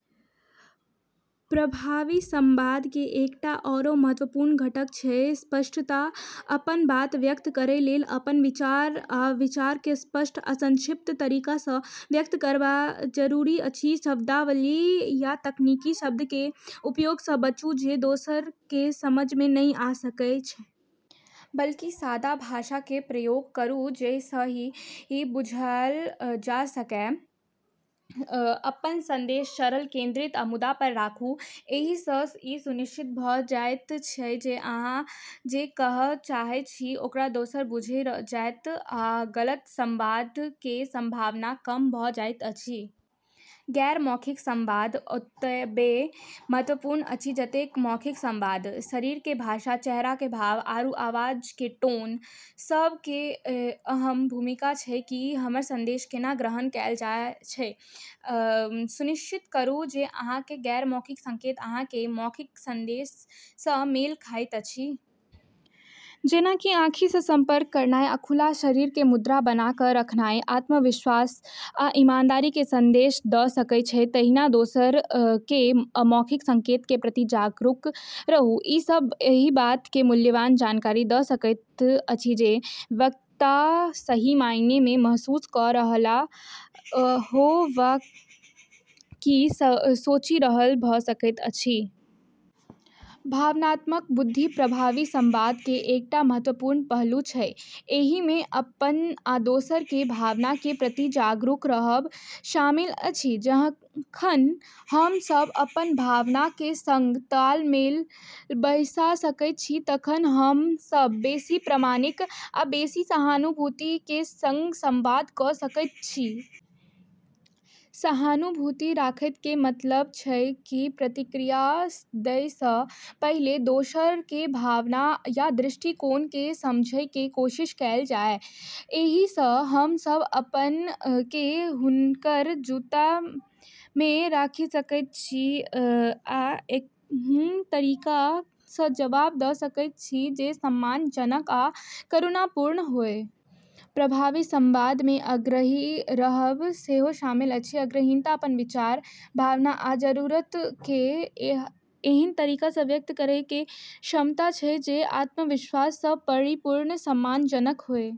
प्रभावी संवाद के एकटा आओर महत्वपूर्ण घटक छै स्पष्टता। अपन बात व्यक्त करै काल अपन विचार आ विचार के स्पष्ट आ संक्षिप्त तरीका सँ व्यक्त करब जरूरी अछि। शब्दावली या तकनीकी शब्द के उपयोग सँ बचूँ जे दोसर के समझ में नहि आ सकय छै। बल्कि सादा भाषा के प्रयोग करू जे सहजहि बुझल जा सकय। अपन संदेश सरल, केंद्रित आ मुद्दा पर राखू। एहि सँ ई सुनिश्चित भऽ जाइत अछि जे अहाँ जे कहब चाहै छी ओकरा दोसरो बुझि जेताह आ गलत संवाद के संभावना कम भऽ जाइत अछि। गैर-मौखिक संवाद ओतबे महत्वपूर्ण अछि जतेक मौखिक संवाद। शरीर के भाषा, चेहरा के भाव, आरू आवाज के टोन सब के अहम भूमिका छै कि हमर संदेश केना ग्रहण कएल जाय छै। सुनिश्चित करू जे अहाँक गैर-मौखिक संकेत अहाँक मौखिक संदेश सँ मेल खाइत अछि। जेना कि आँखि सँ संपर्क करनाय आ खुला शरीर के मुद्रा बना कऽ रखनाय आत्मविश्वास आ ईमानदारी के संदेश दऽ सकय छै। तहिना दोसर के अमौखिक संकेत के प्रति जागरूक रहू, ई सभ एहि बात के मूल्यवान जानकारी द' सकैत अछि जे वक्ता सही मायने में की महसूस क' रहल हो वा की सोचि रहल भ' सकैत अछि। भावनात्मक बुद्धि प्रभावी संवाद के एकटा महत्वपूर्ण पहलू छै। एहि में अपन आ दोसर के भावना के प्रति जागरूक रहब शामिल अछि। जखन हम सब अपन भावना के संग तालमेल बैसा सकैत छी तखन हम सब बेसी प्रामाणिक आ बेसी सहानुभूति के संग संवाद क' सकैत छी। सहानुभूति रखै के मतलब छै कि प्रतिक्रिया दै सँ पहिले दोसर के भावना या दृष्टिकोण के समझै के कोशिश कएल जाय। एहि सँ हम सब अपन केँ हुनकर जूता में राखि सकैत छी आ एहन तरीका सँ जवाब द' सकैत छी जे सम्मानजनक आ करुणापूर्ण होय। प्रभावी संवाद में आग्रही रहब सेहो शामिल अछि। आग्रहीता अपन विचार, भावना आरू जरूरत के एहन तरीका सँ व्यक्त करै के क्षमता छै जे आत्मविश्वास सँ परिपूर्ण, सम्मानजनक होय।